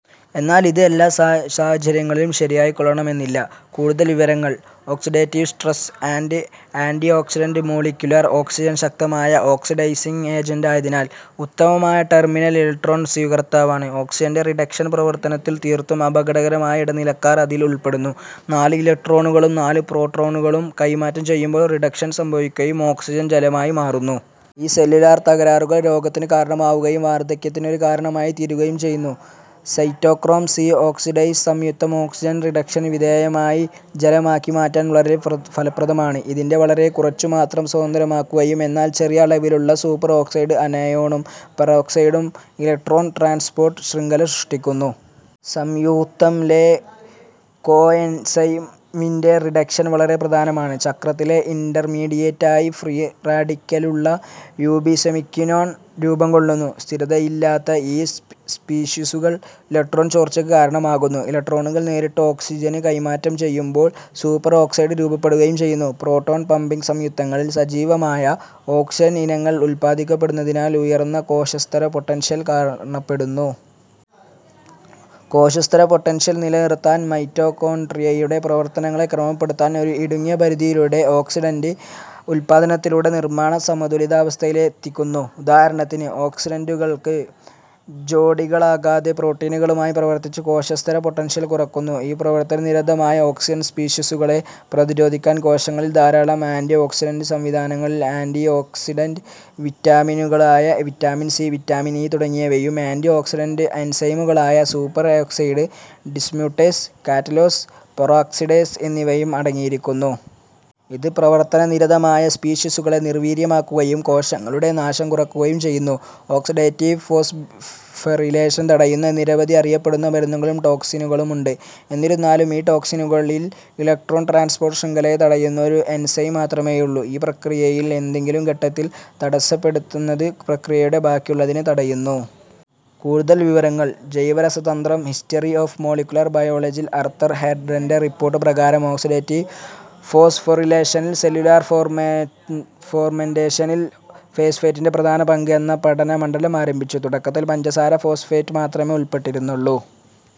എന്നാൽ ഇത് എല്ലാ സാഹചര്യങ്ങളിലും ശരിയായിക്കൊള്ളണമെന്നില്ല. കൂടുതൽ വിവരങ്ങൾ: oxidative stress and antioxidant molecular oxygen ശക്തമായ ഓക്സിഡൈസിങ് ഏജന്റ് ആയതിനാൽ ഉത്തമമായ ടെർമിനൽ ഇലക്ട്രോൺ സ്വീകർത്താവാണ്. ഓക്സിജൻറെ റിഡക്ഷൻ പ്രവർത്തനത്തിൽ തീർത്തും അപകടകരമായ ഇടനിലക്കാർ അതിൽ ഉൾപ്പെടുന്നു. നാല് ഇലക്ട്രോണുകളും നാല് പ്രോട്ടോണുകളും കൈമാറ്റം ചെയ്യുമ്പോൾ റിഡക്ഷൻ സംഭവിക്കുകയും ഓക്സിജൻ ജലമായി മാറുന്നു. ഈ സെല്ലുലാർ തകരാറുകൾ രോഗത്തിന് കാരണമാവുകയും, വാർധക്യത്തിന്റെ ഒരു കാരണമായി തീരുകയും ചെയ്യുന്നു. സൈറ്റോക്രോം സി ഓക്സിഡേസ് സംയുക്തം ഓക്സിജൻ റിഡക്ഷന് വിധേയമായി ജലമാക്കി മാറ്റാൻ വളരെ ഫലപ്രദമാണ്. ഇതിൻറെ വളരെക്കുറച്ചു മാത്രം സ്വതന്ത്രമാകുകയും എന്നാൽ ചെറിയ അളവിലുള്ള സൂപ്പർ ഓക്സൈഡ് ആനയോണും പെറോക്സൈഡും ഇലക്ട്രോൺ ട്രാൻസ്പോർട്ട് ശൃംഖല സൃഷ്ടിക്കുന്നു. സംയുക്തം ലെ കോഎൻസൈം വിൻറെ റിഡക്ഷൻ വളരെ പ്രധാനമാണ്. ചക്രത്തിലെ ഇൻറർമീഡിയേറ്റ് ആയി ഫ്രീ റാഡിക്കലുള്ള യൂബിസെമിക്വിനോൺ രൂപംകൊള്ളുന്നു. സ്ഥിരതയില്ലാത്ത ഈ സ്പീഷീസുകൾ ഇലക്ട്രോൺ ചോർച്ചയ്ക്ക് കാരണമാകുന്നു. ഇലക്ട്രോണുകൾ നേരിട്ട് ഓക്സിജന് കൈമാറ്റം ചെയ്യുമ്പോൾ സൂപ്പർ ഓക്സൈഡ് രൂപപ്പെടുകയും ചെയ്യുന്നു. പ്രോട്ടോൺ-പമ്പിംഗ് സംയുക്തങ്ങളിൽ സജീവമായ ഓക്സിജൻ ഇനങ്ങൾ ഉത്പാദിപ്പിക്കപ്പെടുന്നതിനാൽ, ഉയർന്ന കോശസ്തര പൊട്ടൻഷ്യൽ കാണപ്പെടുന്നു. കോശസ്തര പൊട്ടൻഷ്യൽ നിലനിർത്താൻ മൈറ്റോകോൺട്രിയയുടെ പ്രവർത്തനങ്ങളെ ക്രമപ്പെടുത്താൻ ഒരു ഇടുങ്ങിയ പരിധിയിലൂടെ ഓക്സിഡൻറ് ഉത്പാദനത്തിലൂടെ നിർമ്മാണം സമതുലിതാവസ്ഥയിലെത്തിക്കുന്നു. ഉദാഹരണത്തിന്, ഓക്സിഡൻറുകൾക്ക് ജോഡികളാകാത്ത പ്രോട്ടീനുകളുമായി പ്രവർത്തിച്ച് കോശസ്തര പൊട്ടൻഷ്യൽ കുറയ്ക്കുന്നു. ഈ പ്രവർത്തനനിരതമായ ഓക്സിജൻ സ്പീഷീസുകളെ പ്രതിരോധിക്കാൻ കോശങ്ങളിൽ ധാരാളം ആന്റിഓക്സിഡന്റ് സംവിധാനങ്ങളിൽ ആൻറിഓക്സിഡന്റ് വിറ്റാമിൻനുകളായ വിറ്റാമിൻ സി, വിറ്റാമിൻ ഇ, തുടങ്ങിയവയും ആൻറിഓക്സിഡന്റ് എൻസൈമുകളായ super oxide dismutase, catalase, peroxidase എന്നിവയും അടങ്ങിയിരിക്കുന്നു. ഇത് പ്രവർത്തനനിരതമായ സ്പീഷീസുകളെ നിർവീര്യമാക്കുകയും കോശങ്ങളുടെ നാശം കുറയ്ക്കുകയും ചെയ്യുന്നു. ഓക്സിഡേറ്റീവ് ഫോസ്ഫോറിലേഷൻ തടയുന്ന നിരവധി അറിയപ്പെടുന്ന മരുന്നുകളും ടോക്സിനുകളും ഉണ്ട്. എന്നിരുന്നാലും ഈ ടോക്സിനുകളിൽ ഇലക്ട്രോൺ ട്രാൻസ്പോർട്ട് ശൃംഖലയെ തടയുന്ന ഒരു എൻസൈം മാത്രമേയുള്ളൂ. ഈ പ്രക്രിയയിൽ ഏതെങ്കിലും ഘട്ടത്തിൽ തടസ്സപ്പെടുത്തുന്നത് പ്രക്രിയയുടെ ബാക്കിയുള്ളതിനെ തടയുന്നു. കൂടുതൽ വിവരങ്ങൾ: ജൈവരസതന്ത്രം, ഹിസ്റ്ററി ഓഫ് മോളികുലർ ബയോളജി ൽ ആർതർ ഹാർഡൻറെ റിപ്പോർട്ട് പ്രകാരം ഓക്സിഡേറ്റീവ് ഫോസ്ഫോറിലേഷനിൽ സെല്ലുലാർ ഫെർമെന്റേഷനിൽ ഫോസ്ഫേറ്റിന്റെ പ്രധാന പങ്ക് എന്ന പഠനമണ്ഡലം ആരംഭിച്ചു. തുടക്കത്തിൽ പഞ്ചസാര ഫോസ്ഫേറ്റ് മാത്രമേ ഉൾപ്പെട്ടിരുന്നുള്ളൂ.